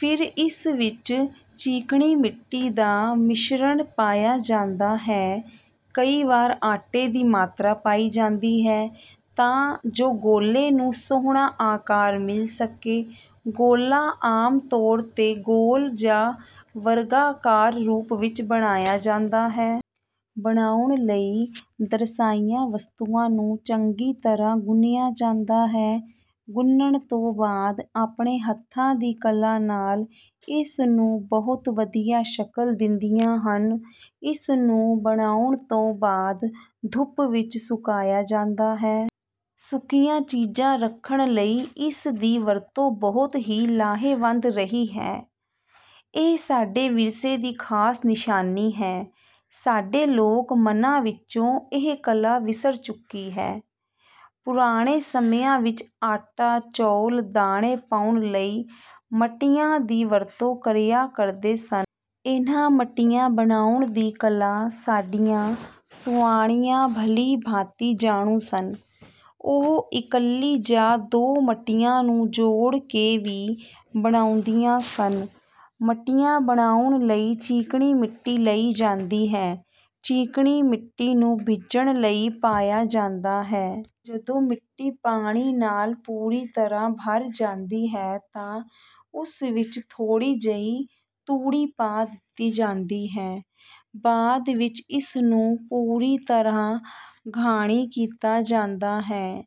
ਫਿਰ ਇਸ ਵਿੱਚ ਚੀਕਣੀ ਮਿੱਟੀ ਦਾ ਮਿਸ਼ਰਣ ਪਾਇਆ ਜਾਂਦਾ ਹੈ। ਕਈ ਵਾਰ ਆਟੇ ਦੀ ਮਾਤਰਾ ਪਾਈ ਜਾਂਦੀ ਹੈ ਤਾਂ ਜੋ ਗੋਲੇ ਨੂੰ ਸੋਹਣਾ ਆਕਾਰ ਮਿਲ ਸਕੇ। ਗੋਲਾ ਆਮ ਤੌਰ ਤੇ ਗੋਲ ਜਾਂ ਵਰਗਾਕਾਰ ਰੂਪ ਵਿੱਚ ਬਣਾਇਆ ਜਾਂਦਾ ਹੈ। ਬਣਾਉਣ ਲਈ ਦਰਸਾਈਆਂ ਵਸਤੂਆਂ ਨੂੰ ਚੰਗੀ ਤਰ੍ਹਾਂ ਗੁੰਨਿਆ ਜਾਂਦਾ ਹੈ। ਗੁੰਨਣ ਤੋਂ ਬਾਅਦ ਆਪਣੇ ਹੱਥਾਂ ਦੀ ਕਲਾ ਨਾਲ ਇਸ ਨੂੰ ਬਹੁਤ ਵਧੀਆ ਸ਼ਕਲ ਦਿੰਦੀਆਂ ਹਨ। ਇਸ ਨੂੰ ਬਣਾਉਣ ਤੋਂ ਬਾਅਦ ਧੁੱਪ ਵਿੱਚ ਸੁਕਾਇਆ ਜਾਂਦਾ ਹੈ। ਸੁੱਕੀਆਂ ਚੀਜ਼ਾਂ ਰੱਖਣ ਲਈ ਇਸ ਦੀ ਵਰਤੋਂ ਬਹੁਤ ਹੀ ਲਾਹੇਵੰਦ ਰਹੀ ਹੈ। ਇਹ ਸਾਡੇ ਵਿਰਸੇ ਦੀ ਖਾਸ ਨਿਸ਼ਾਨੀ ਹੈ। ਸਾਡੇ ਲੋਕ ਮਨਾਂ ਵਿੱਚੋਂ ਇਹ ਕਲਾ ਵਿਸਰ ਚੁੱਕੀ ਹੈ। ਪੁਰਾਣੇ ਸਮਿਆਂ ਵਿੱਚ ਆਟਾ ਚੌਲ ਦਾਣੇ ਪਾਉਣ ਲਈ ਮੱਟੀਆਂ ਦੀ ਵਰਤੋਂ ਕਰਿਆ ਕਰਦੇ ਸਨ। ਇਨ੍ਹਾਂ ਮੱਟੀਆਂ ਬਣਾਉਣ ਦੀ ਕਲਾ ਸਾਡੀਆਂ ਸੁਆਣੀਆਂ ਭਲੀ ਭਾਂਤੀ ਜਾਣੂ ਸਨ। ਉਹ ਇਕੱਲੀ ਜਾਂ ਦੋ ਮੱਟੀਆਂ ਨੂੰ ਜੋੜ ਕੇ ਵੀ ਬਣਾਉਂਦੀਆਂ ਸਨ। ਮੱਟੀਆਂ ਬਣਾਉਣ ਲਈ ਚੀਕਣੀ ਮਿੱਟੀ ਲਈ ਜਾਂਦੀ ਹੈ। ਚੀਕਣੀ ਮਿੱਟੀ ਨੂੰ ਭਿੱਜਣ ਲਈ ਪਾਇਆ ਜਾਂਦਾ ਹੈ। ਜਦੋਂ ਮਿੱਟੀ ਪਾਣੀ ਨਾਲ ਪੂਰੀ ਤਰ੍ਹਾਂ ਭਰ ਜਾਂਦੀ ਹੈ ਤਾਂ ਇਸ ਵਿੱਚ ਥੋੜ੍ਹੀ ਜਿਹੀ ਤੂੜੀ ਪਾ ਦਿੱਤੀ ਜਾਂਦੀ ਹੈ। ਬਾਅਦ ਵਿੱਚ ਇਸ ਨੂੰ ਪੂਰੀ ਤਰ੍ਹਾਂ ਘਾਣੀ ਕੀਤਾ ਜਾਂਦਾ ਹੈ।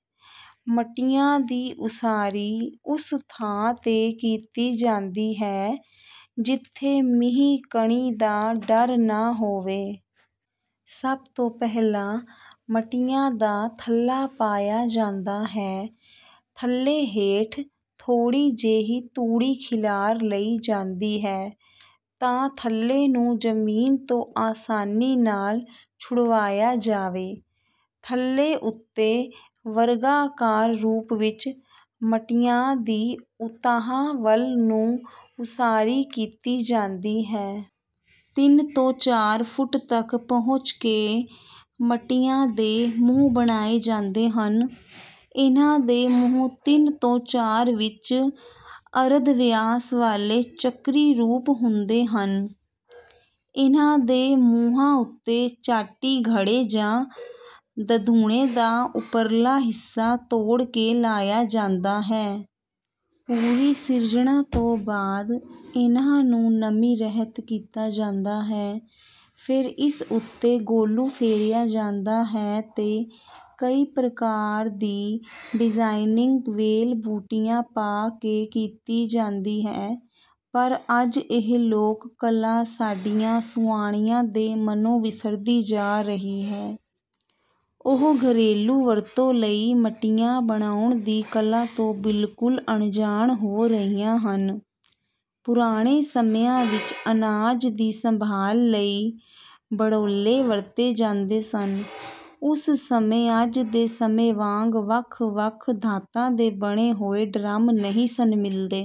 ਮੱਟੀਆਂ ਦੀ ਉਸਾਰੀ ਉਸ ਥਾਂ ਤੇ ਕੀਤੀ ਜਾਂਦੀ ਹੈ ਜਿੱਥੇ ਮੀਂਹ ਕਣੀ ਦਾ ਡਰ ਨਾ ਹੋਵੇ। ਸਭ ਤੋਂ ਪਹਿਲਾਂ ਮੱਟੀਆਂ ਦਾ ਥੱਲਾ ਪਾਇਆ ਜਾਂਦਾ ਹੈ। ਥੱਲੇ ਹੇਠ ਥੋੜ੍ਹੀ ਜਿਹੀ ਤੂੜੀ ਖਿਲਾਰ ਲਈ ਜਾਂਦੀ ਹੈ ਤਾਂ ਥੱਲੇ ਨੂੰ ਜ਼ਮੀਨ ਤੋਂ ਆਸਾਨੀ ਨਾਲ ਛੁਡਵਾਇਆ ਜਾਵੇ। ਥੱਲੇ ਉੱਤੇ ਵਰਗਾਕਾਰ ਰੂਪ ਵਿੱਚ ਮੱਟੀਆਂ ਦੀ ਉਤਾਂਹ ਵੱਲ ਨੂੰ ਉਸਾਰੀ ਕੀਤੀ ਜਾਂਦੀ ਹੈ। ਤਿੰਨ ਤੋਂ ਚਾਰ ਫੁੱਟ ਤੱਕ ਪਹੁੰਚ ਕੇ ਮੱਟੀਆਂ ਦੇ ਮੂੰਹ ਬਣਾਏ ਜਾਂਦੇ ਹਨ। ਇਨ੍ਹਾਂ ਦੇ ਮੂੰਹ ਤਿੰਨ ਤੋਂ ਚਾਰ ਇੰਚ ਅਰਧ ਵਿਆਸ ਵਾਲੇ ਚੱਕਰੀ ਰੂਪ ਹੁੰਦੇ ਹਨ। ਇਨ੍ਹਾਂ ਦੇ ਮੂੰਹਾਂ ਉੱਤੇ ਚਾਟੀ ਘੜੇ ਜਾਂ ਦਧੂਨੇ ਦਾ ਉਪਰਲਾ ਹਿੱਸਾ ਤੋੜ ਕੇ ਲਾਇਆ ਜਾਂਦਾ ਹੈ। ਪੂਰੀ ਸਿਰਜਣਾ ਤੋਂ ਬਾਅਦ ਇਨ੍ਹਾਂ ਨੂੰ ਨਮੀ ਰਹਿਤ ਕੀਤਾ ਜਾਂਦਾ ਹੈ। ਫਿਰ ਇਸ ਉੱਤੇ ਗੋਲੂ ਫੇਰਿਆ ਜਾਂਦਾ ਹੈ ਤੇ ਕਈ ਪ੍ਰਕਾਰ ਦੀ ਡਿਜ਼ਾਇਨਿੰਗ ਵੇਲ ਬੂਟੀਆਂ ਪਾ ਕੇ ਕੀਤੀ ਜਾਂਦੀ ਹੈ। ਪਰ ਅੱਜ ਇਹ ਲੋਕ ਕਲਾ ਸਾਡੀਆਂ ਸੁਆਣੀਆਂ ਦੇ ਮਨੋਂ ਵਿਸਰਦੀ ਜਾ ਰਹੀ ਹੈ। ਉਹ ਘਰੇਲੂ ਵਰਤੋਂ ਲਈ ਮੱਟੀਆਂ ਬਣਾਉਣ ਦੀ ਕਲਾ ਤੋਂ ਬਿਲਕੁਲ ਅਣਜਾਣ ਹੋ ਰਹੀਆਂ ਹਨ। ਪੁਰਾਣੇ ਸਮਿਆਂ ਵਿੱਚ ਅਨਾਜ ਦੀ ਸੰਭਾਲ ਲਈ ਭੜੋਲੇ ਵਰਤੇ ਜਾਂਦੇ ਸਨ। ਉਸ ਸਮੇਂ ਅੱਜ ਦੇ ਸਮੇਂ ਵਾਂਗ ਵੱਖ ਵੱਖ ਧਾਤਾਂ ਦੇ ਬਣੇ ਹੋਏ ਡਰੰਮ ਨਹੀਂ ਸਨ ਮਿਲਦੇ।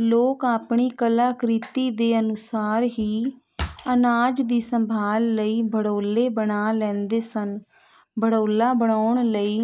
ਲੋਕ ਆਪਣੀ ਕਲਾ ਕ੍ਰਿਤੀ ਦੇ ਅਨੁਸਾਰ ਹੀ ਅਨਾਜ ਦੀ ਸੰਭਾਲ ਲਈ ਭੜੋਲੇ ਬਣਾ ਲੈਂਦੇ ਸਨ। ਭੜੋਲਾ ਬਣਾਉਣ ਲਈ